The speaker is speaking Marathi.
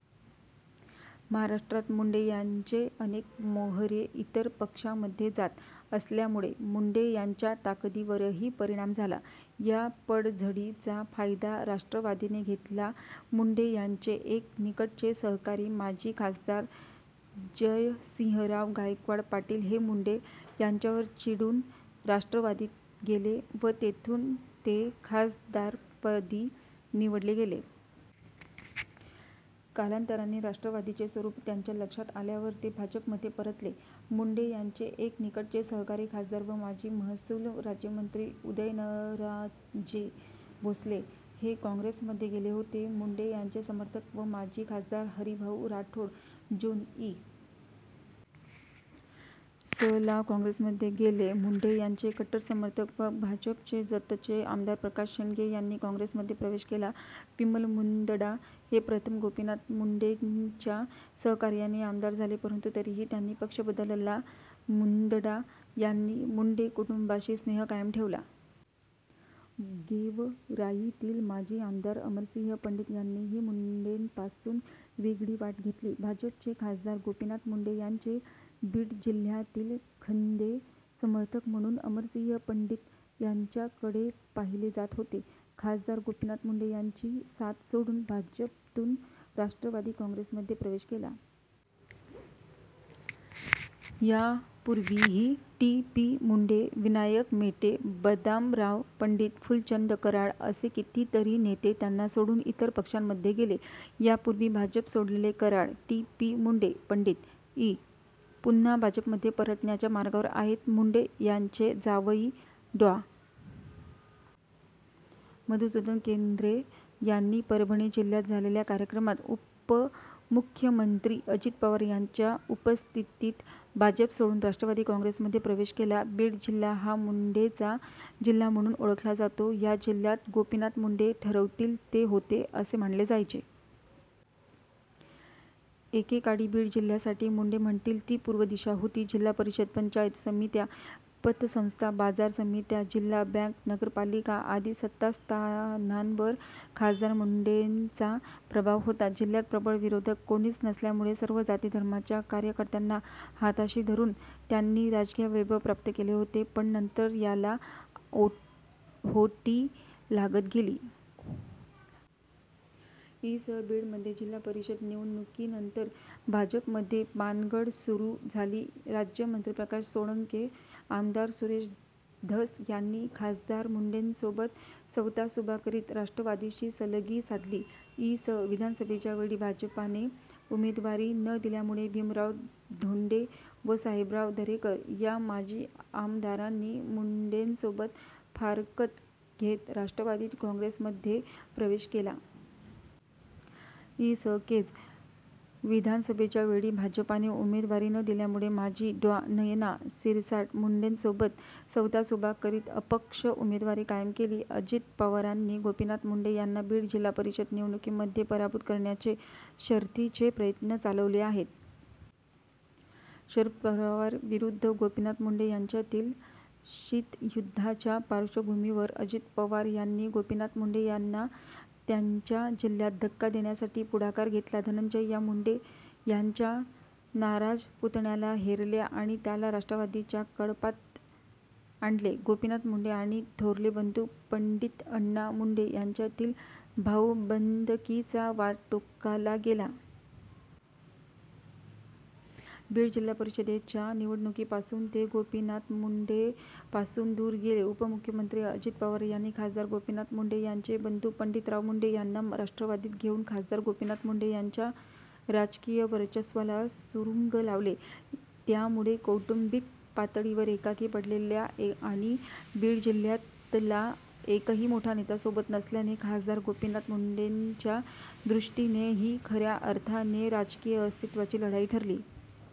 महाराष्ट्रात मुंडे यांचे अनेक मोहरे इतर पक्षामध्ये जात असल्यामुळे मुंडे यांच्या ताकदीवरही परिणाम झाला. या पडझडीचा फायदा राष्ट्रवादीने घेतला. मुंडे यांचे एक निकटचे सहकारी माजी खासदार जयसिंहराव गायकवाड पाटील हे मुंडे यांच्यावर चिडून राष्ट्रवादीत गेले व तेथून ते खासदारपदी निवडले गेले. कालांतराने राष्ट्रवादीचे स्वरूप त्यांच्या लक्षात आल्यावर ते भाजपमध्ये परतले. मुंडे यांचे एक निकटचे सहकारी खासदार व माजी महसूल राज्यमंत्री उदयनराजे भोसले हे काँग्रेसमध्ये गेले होते. मुंडे यांचे समर्थक व माजी खासदार हरिभाऊ राठोड जून, इ. स. ला काँग्रेसमध्ये गेले. मुंडे यांचे कट्टर समर्थक व भाजपचे जतचे आमदार प्रकाश शेंडगे यांनी काँग्रेसमध्ये प्रवेश केला. विमल मुंदडा हे प्रथम गोपीनाथ मुंडेंच्या सहकार्याने आमदार झाले परंतु तरीही त्यांनी पक्ष बदलला. मुंदडा यांनी मुंडे कुटुंबाशी स्नेह कायम ठेवला. गेवराईतील माजी आमदार अमरसिंह पंडित यांनीही मुंडेंपासून वेगळी वाट घेतली. भाजपचे खासदार गोपीनाथ मुंडे यांचे बीडजिल्हय़ातील खन्दे समर्थक म्हणून अमरसिंह पण्डित यांच्याकडे पाहिले जात होते. खासदार गोपीनाथ मुंडे यांची साथ सोडून भाजपतून राष्ट्रवादी काँग्रेसमध्ये प्रवेश केला. यापूर्वीही टी. पी. मुंडे, विनायक मेटे, बदामराव पण्डित, फुलचंद कराड असे कितीतरी नेते त्यांना सोडून इतर पक्षांमध्ये गेले. यापूर्वी भाजप सोडलेले कराड, टी. पी. मुंडे, पंडित, इ. पुन्हा भाजपमध्ये परतण्याच्या मार्गावर आहेत. मुंडे यांचे जावई डॉ. मधुसुदन केन्द्रे यांनी परभणी जिल्ह्यात झालेल्या कार्यक्रमात उपमुख्यमंत्री अजित पवार यांच्या उपस्थितीत भाजप सोडून राष्ट्रवादी काँग्रेसमध्ये प्रवेश केला. बीड जिल्हा हा मुंडेंचा जिल्हा म्हणून ओळखला जातो. या जिल्ह्यात गोपीनाथ मुंडे ठरवतील ते होते असे मानले जायचे. एकेकाळी बीड जिल्ह्यासाठी मुंडे म्हणतील ती पूर्व दिशा होती. जिल्हा परिषद, पंचायत समित्या, पतसंस्था, बाजार समित्या, जिल्हा बँक, नगरपालिका आदी सत्तास्थानांवर खासदार मुंडेंचा प्रभाव होता. जिल्ह्यात प्रबळ विरोधक कोणीच नसल्यामुळे सर्व जाती-धर्मांच्या कार्यकर्त्यांना हाताशी धरून त्यांनी राजकीय वैभव प्राप्त केले होते, पण नंतर याला ओहोटी लागत गेली. इ. स. बीड मध्ये जिल्हा परिषद निवडणुकीनंतर भाजपमध्ये पानगळ सुरू झाली. राज्यमंत्री प्रकाश सोळंके, आमदार सुरेश धस यांनी खासदार मुंडेंसोबत सवतासुभा करीत राष्ट्रवादीशी सलगी साधली. इ. स. विधानसभेच्या वेळी भाजपाने उमेदवारी न दिल्यामुळे भीमराव धोण्डे व साहेबराव दरेकर या माजी आमदारांनी मुंडेंसोबत फारकत घेत राष्ट्रवादी काँग्रेसमध्ये प्रवेश केला. इ. स. केज विधानसभेच्या वेळी भाजपाने उमेदवारी न दिल्यामुळे माजी डॉ. नयना सिरसाट मुंडेंसोबत सवतासुभा करीत अपक्ष उमेदवारी कायम केली। अजित पवारांनी गोपीनाथ मुंडे यांना बीड जिल्हा परिषद निवडणुकीमध्ये पराभूत करण्याचे शर्थीचे प्रयत्न चालवले आहेत. शरद पवार विरुद्ध गोपीनाथ मुंडे यांच्यातील शीतयुद्धाच्या पार्श्वभूमीवर अजित पवार यांनी गोपीनाथ मुंडे यांना त्यांच्या जिल्ह्यात धक्का देण्यासाठी पुढाकार घेतला. धनंजय या मुंडे यांच्या नाराज पुतण्याला हेरले आणि त्याला राष्ट्रवादीच्या कळपात आणले. गोपीनाथ मुंडे आणि थोरले बंधू पण्डितअण्णा मुंडे यांच्यातील भाऊबंदकीचा वाद टोकाला गेला. बीड जिल्हा परिषदेच्या निवडणुकीपासून ते गोपीनाथ मुंडेपासून दूर गेले. उपमुख्यमंत्री अजित पवार यांनी खासदार गोपीनाथ मुंडे यांचे बंधू पण्डितराव मुंडे यांना राष्ट्रवादीत घेऊन खासदार गोपीनाथ मुंडे यांच्या राजकीय वर्चस्वाला सुरूंग लावले. त्यामुळे कौटुम्बिक पातळीवर एकाकी पडलेल्या आणि बीड जिल्ह्यातला एकही मोठा नेता सोबत नसल्याने खासदार गोपीनाथ मुंडेंच्या दृष्टीने ही खऱ्या अर्थाने राजकीय अस्तित्वाची लढाई ठरली.